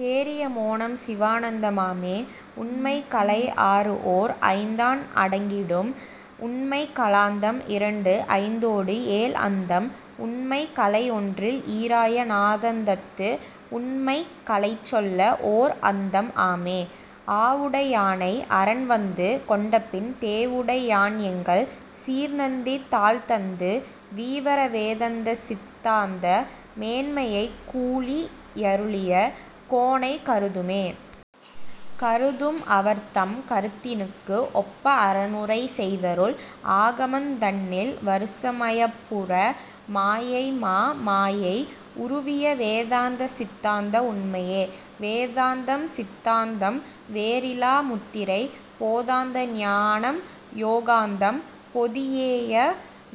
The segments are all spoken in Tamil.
தேறிய மோனம் சிவானந்த மாமே. உண்மைக் கலைஆறுஓர் ஐந்தான் அடங்கிடும் உண்மைக் கலாந்தம் இரண்டுஐந்தோடு ஏழ்அந்தம் உண்மைக் கலைஒன்றில் ஈறாய நாதாந்தத்து உண்மைக் கலைசொல்ல ஓர்அந்தம் ஆமே. ஆவுடை யானை அரன்வந்து கொண்டபின் தேவுடை யான்எங்கள் சீர்நந்தி தாள்தந்து வீவற வேதாந்த சித்தாந்த மேன்மையைக் கூளி யருளிய கோனைக் கருதுமே. கருதும் அவர்தம் கருத்தினுக்கு ஒப்ப அரனுரை செய்தருள் ஆகமந் தன்னில் வருசமயப் புற மாயைமா மாயை உருவிய வேதாந்த சித்தாந்த உண்மையே. வேதாந்தம் சித்தாந்தம் வேறிலா முத்திரை போதாந்த ஞானம் யோகாந்தம் பொதுஞேய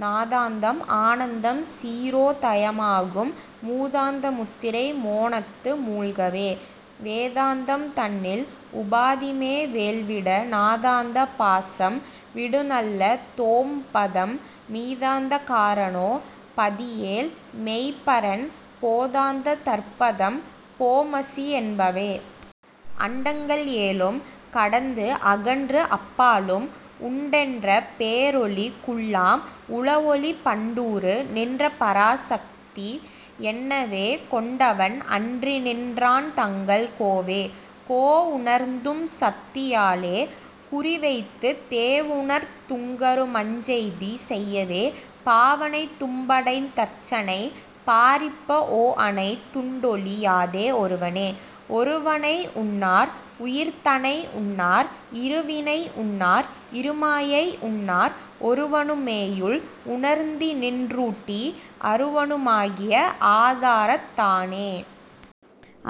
நாதாந்தம் ஆனந்தம் சீரோ தயமாகும் மூதாந்த முத்திரை மோனத்து மூழ்கவே. வேதாந்தம் தன்னில் உபாதிமே வேழ்விட நாதாந்த பாசம் விடுநல்ல தொம்பதம் மீதாந்த காரணோ பாதியேழ் மெய்ப்பரன் போதாந்த தற்பதம் போமசி என்பவே. அண்டங்கள் ஏழும் கடந்துஅகன்று அப்பாலும் உண்டென்ற பேரொளிக் குள்ளாம் உளஒளி பண்டுறு நின்ற பராசக்தி என்னவே கொண்டவன் அன்றிநின் றான்தங்கள் கோவே. கோஉணர்ந் தும்சத்தி யாலே குறிவைத்துத் தேவுணர்த் துங்கரு மஞ்செய்தி செய்யவே பாவனைத் தும்படைத் தர்ச்சனை பாரிப்ப ஓஅனைத் துண்டுஒழி யாத ஒருவனே. ஒருவனை உன்னார் உயிர்தனை உன்னார் இருவினை உன்னார் இருமாயை உன்னார் ஒருவனு மேயுள் உணர்ந்திநின் றூட்டி அருவனு மாகிய ஆதரத் தானே.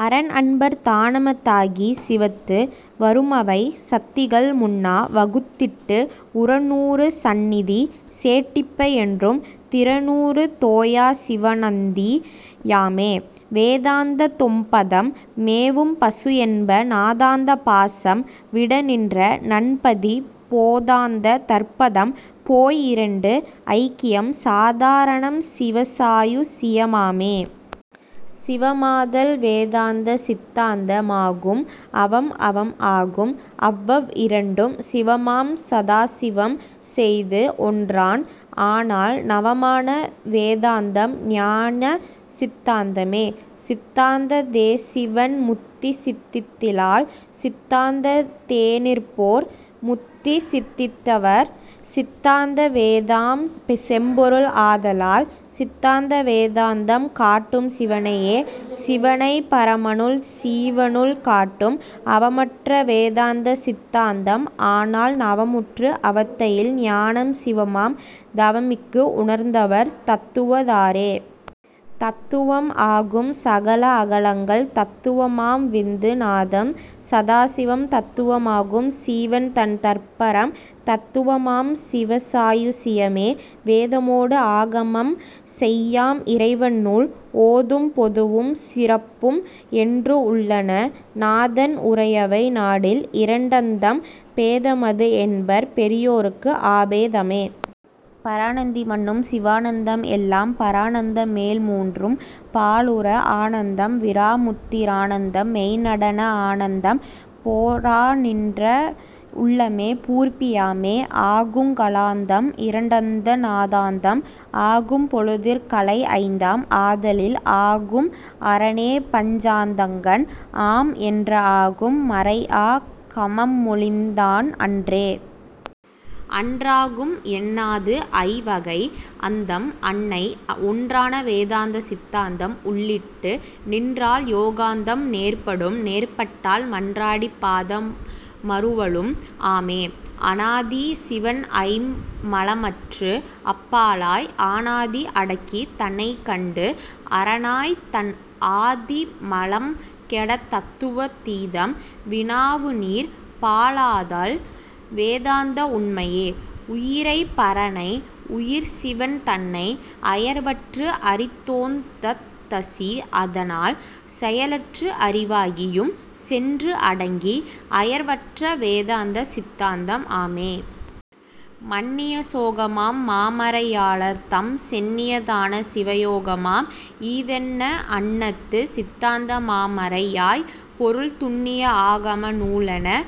அரன்அன்பர் தானம தாகிச் சிவத்து வருமவை சத்திகள் முன்னா வகுத்திட்டு உரனுறு சந்நிதி சேட்டிப்ப என்றும் திரனுறு தோயாச் சிவாநந்தி யாமே. வேதாந்த தொம்பதம் மேவும் பசுஎன்ப நாதாந்த பாசம் விடநின்ற நன்பதி போதாந்த தற்பதம் போய்இரண்டு ஐக்கியம் சாதா ரணம்சிவ சாயுச் சிய மாமே. சிவமாதல் வேதாந்த சித்தாந்த மாகும் அவம்அவம் ஆகும் அவ்வவ் இரண்டும் சிவமாம் சதாசிவன் செய்துஒன்றான் ஆனால் நவமான வேதாந்தம் ஞானசித் தாந்தமே. சித்தாந்த தேசீவன் முத்திசித் தித்திலால் சித்தாந்தத் தேநிற்போர் முத்திசித் தித்திவர் சித்தாந்த வேதாந்தம் செம்பொருள் ஆதலால் சிந்தாந்த வேதாந்தம் காட்டும் சிவனையே. சிவனைப் பரமனுள் சீவனுள் காட்டும் அவமற்ற வேதாந்த சித்தாந்தம் ஆனால் நவமுற்று அவத்தையில் ஞானம் சிவமாம் தவமிக்கு உணர்ந்தவர் தத்துவத் தாரே. தத்துவம் ஆகும் சகள அகளங்கள் தத்துவ மாம்விந்து நாதம் சதாசிவம் தத்துவ மாகும் சீவன் தன் தற்பரம் தத்துவ மாம்சிவ சாயுச் சியமே. வேதமோடு ஆகமம் மெய்யாம் இறைவன்நூல் ஓதும் பொதுவும் சிறப்பும்என்று உள்ளன நாதன் உரையவை நாடில் இரண்டந்தம் பேதமது என்பர் பெரியோர்க்கு அபேதமே. பராநந்தி மன்னும் சிவானந்தம் எல்லாம் பரானந்தம் மேல்மூன்றும் பாழுறா ஆனந்தம் விராமுத்தி ரானந்தம் மெய்நடன ஆனந்தம் பொராநின்ற உள்ளமே பூரிப்பி யாமே. ஆகுங் கலாந்தம் இரண்டந்த நாதாந்தம் ஆகும் பொழுதிற் கலைஐந்தாம் ஆதலில் ஆகும் அரனேபஞ் சாந்தகன் ஆம் என்ற ஆகும் மறைஆ கமம்மொழிந் தான்அன்றே. அன்றாகும் என்னாதுஐ வகைஅந்தம் அன்னை ஒன்றான வேதாந்த சித்தாந்தம் உள்ளிட்டு நின்றால் யோகாந்தம் நேர்படும் நேர்பட்டால் மன்றாடி பாதம் மருவலும் ஆமே. அனாதி சீவன்ஐம் மலமற்றுஅப் பாலாய் அனாதி அடக்கித் தனைக்கண்டு அரனாய்த் தன்ஆதி மலம்கெடத் தத்துவா தீதம் வினாவுநீர் பாலாதல் வேதாந்த உண்மையே. உயிரைப் பரனை உயிர்சிவன் தன்னை அயர்வற்று அறிதொந் தத்தசி அதனால் செயலற்று அறிவாகி யும்சென்று அடங்கி அயர்வற்ற வேதாந்த சித்தாந்தம் ஆமே. மன்னிய சோகமாம் மாமறை யாளர்தம் சென்னிய தான சிவயோகமாம் ஈதென்ன அன்னது சித்தாந்த மாமறை யாய்பொருள் துன்னிய ஆகம நூலெனத்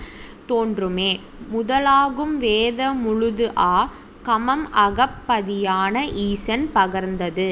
தோன்றுமே. முதலாகும் வேத முழுதுஆ கமம்அகப் பதியான ஈசன் பகர்ந்தது